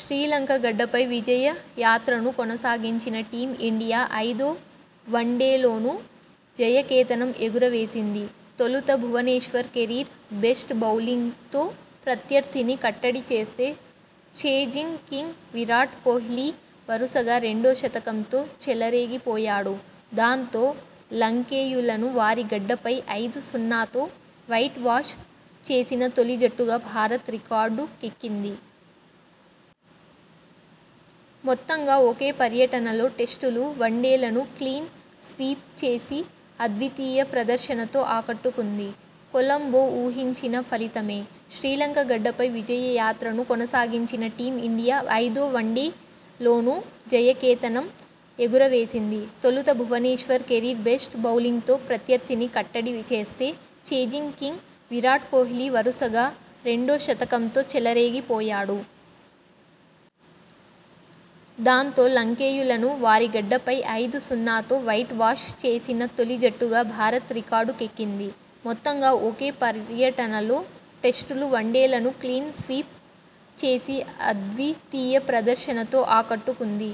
శ్రీలంక గడ్డపై విజయయాత్రను కొనసాగించిన టీం ఇండియా ఐదో వన్డేలోనూ జయ కేతనం ఎగురవేసింది. తొలుత భువనేశ్వర్ కెరీర్ బెస్ట్ బౌలింగ్ తో ప్రత్యర్థిని కట్టడి చేస్తే ఛేజింగ్ కింగ్ విరాట్ కోహ్లీ వరుసగా రెండో శతకంతో చెలరేగిపోయాడు. దాంతో, లంకేయులను వారి గడ్డపై ఐదు సున్నాతో వైట్ వాష్ చేసిన తొలి జట్టుగా భారత్ రికార్డుకెక్కింది. మొత్తంగా ఒకే పర్యటనలో టెస్టులు, వన్డేలను క్లీన్ స్వీప్ చేసి అద్వితీయ ప్రదర్శనతో ఆకట్టుకుంది. కొలంబో ఊహించిన ఫలితమే. శ్రీలంక గడ్డపై విజయయాత్రను కొనసాగించిన టీం ఇండియా ఐదో వన్డే లోనూ జయకేతనం ఎగురవేసింది. తొలుత భువనేశ్వర్ కెరీర్ బెస్ట్ బౌలింగ్ తో ప్రత్యర్థిని కట్టడి చేస్తే ఛేజింగ్ కింగ్ విరాట్ కోహ్లీ వరుసగా రెండో శతకంతో చెలరేగిపోయాడు. దాంతో, లంకేయులను వారిగడ్డపై ఐదు సున్నాతో వైట్ వాష్ చేసిన తొలి జట్టుగా భారత్ రికార్డుకెక్కింది. మొత్తంగా ఒకే పర్యటనలో టెస్టులు, వన్డేలను క్లీన్ స్వీప్ చేసి అద్వితీయ ప్రదర్శనతో ఆకట్టుకుంది.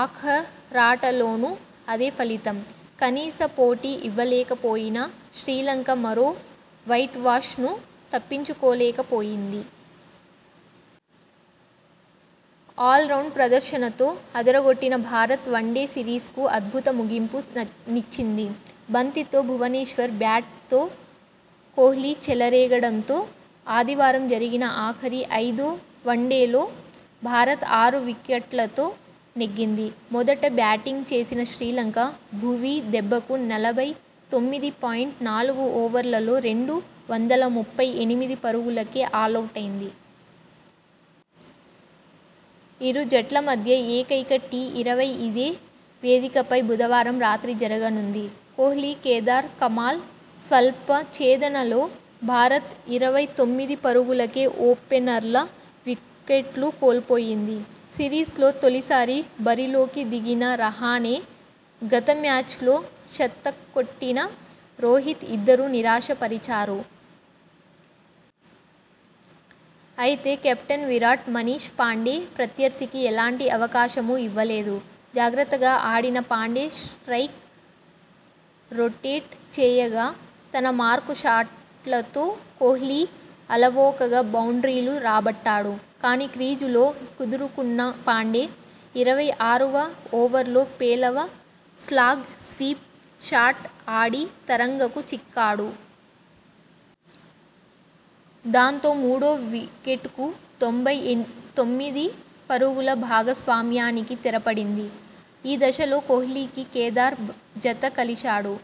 ఆఖరాటలోనూ అదే ఫలితం. కనీస పోటీ ఇవ్వలేకపోయిన శ్రీలంక మరో వైట్ వాష్ ను తప్పించుకోలేకపోయింది. ఆల్రౌండ్ ప్రదర్శనతో అదరగొట్టిన భారత్ వన్డే సిరీస్ కు అద్భుత ముగింపు నిచ్చింది. బంతితో భువనేశ్వర్, బ్యాట్ తో కోహ్లీ చెలరేగడంతో ఆదివారం జరిగిన ఆఖరి, ఐదో వన్డేలో భారత్ ఆరు వికెట్లతో నెగ్గింది. మొదట బ్యాటింగ్ చేసిన శ్రీలంక. భువీ దెబ్బకు నలభై తొమ్మిది పాయింట్ నాలుగు ఓవర్లలో రెండు వందల ముప్పై ఎనిమిది పరుగులకే ఆలౌటైంది. ఇరు జట్ల మధ్య ఏకైక టీ ఇరవై ఇదే వేదికపై బుధవారం రాత్రి జరగనుంది. కోహ్లీ, కేదార్ కమాల్ స్వల్ప ఛేదనలో భారత్ ఇరవై తొమ్మిది పరుగులకే ఓపెనర్ల వికెట్లు కోల్పోయింది. సిరీస్ లో తొలిసారి బరిలోకి దిగిన రహానె, గత మ్యాచ్లో శతక్కొట్టిన రోహిత్ ఇద్దరూ నిరాశ పరిచారు. అయితే, కెప్టెన్ విరాట్, మనీష్ పాండే ప్రత్యర్థికి ఎలాంటి అవకాశమూ ఇవ్వలేదు. జాగ్రత్తగా ఆడిన పాండే స్ట్రయిక్ రొటేట్ చేయగా. తన మార్కు షాట్లతో కోహ్లీ అలవోకగా బౌండ్రీలు రాబట్టాడు. కానీ, క్రీజులో కుదురుకున్న పాండే. ఇరవై ఆరువ ఓవర్ లో పేలవ స్లాగ్ స్వీప్ షాట్ ఆడి తరంగకు చిక్కాడు. దాంతో, మూడో వికెట్ కు తొంభై తొమ్మిది పరుగుల భాగస్వామ్యానికి తెరపడింది. ఈ దశలో కోహ్లీకి కేదార్ జతకలిశాడు.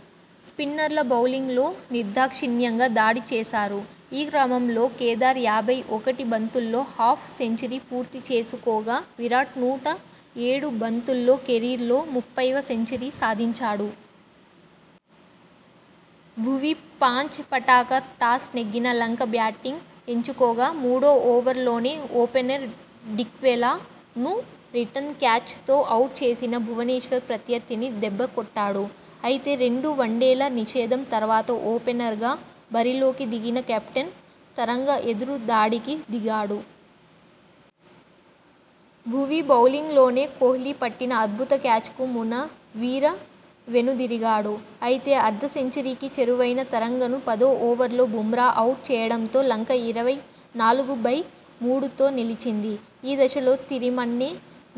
స్పిన్నర్ల బౌలింగ్ లో నిర్దాక్షిణ్యంగా దాడి చేశారు. ఈ క్రమంలో కేదార్ యాభై ఒకటి బంతుల్లో హాఫ్ సెంచరీ పూర్తి చేసుకోగా. విరాట్ నూట ఏడు బంతుల్లో కెరీర్లో ముప్పైవ సెంచరీ సాధించాడు. భువీ పాంచ్ పటాకా టాస్ నెగ్గిన లంక బ్యాటింగ్ ఎంచుకోగా. మూడో ఓవర్ లోనే ఓపెనర్ డిక్వెలా ను రిటర్న్ క్యాచ్ తో అవుట్ చేసిన భువనేశ్వర్ ప్రత్యర్థిని దెబ్బకొట్టాడు. అయితే, రెండు వన్డేల నిషేధం తర్వాత ఓపెనర్ గా బరిలోకి దిగిన కెప్టెన్ తరంగ ఎదురుదాడికి దిగాడు. భువీ బౌలింగ్ లోనే కోహ్లీ పట్టిన అద్భుత క్యాచ్ కు మునవీర వెనుదిరిగాడు. అయితే, అర్ధ సెంచరీకి చేరువైన తరంగను పదో ఓవర్లో బుమ్రా అవుట్ చేయడంతో లంక ఇరవై నాలుగు బై మూడుతో నిలిచింది. ఈ దశలో తిరిమన్నె,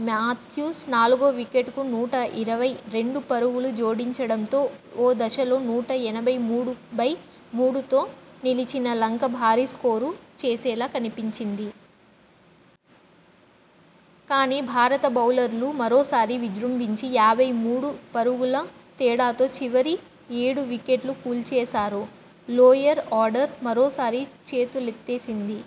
మాథ్యూస్ నాలుగో వికెట్ కు నూట ఇరవై రెండు పరుగులు జోడించడంతో ఓ దశలో నూట ఎనభై మూడు బై మూడుతో నిలిచిన లంక భారీ స్కోరు చేసేలా కనిపించింది. కానీ, భారత బౌలర్లు మరోసారి విజృంభించి యాభై మూడు పరుగుల తేడాతో చివరి ఏడు వికెట్లు కూల్చేశారు. లోయర్ ఆర్డర్ మరోసారి చేతులెత్తేసింది.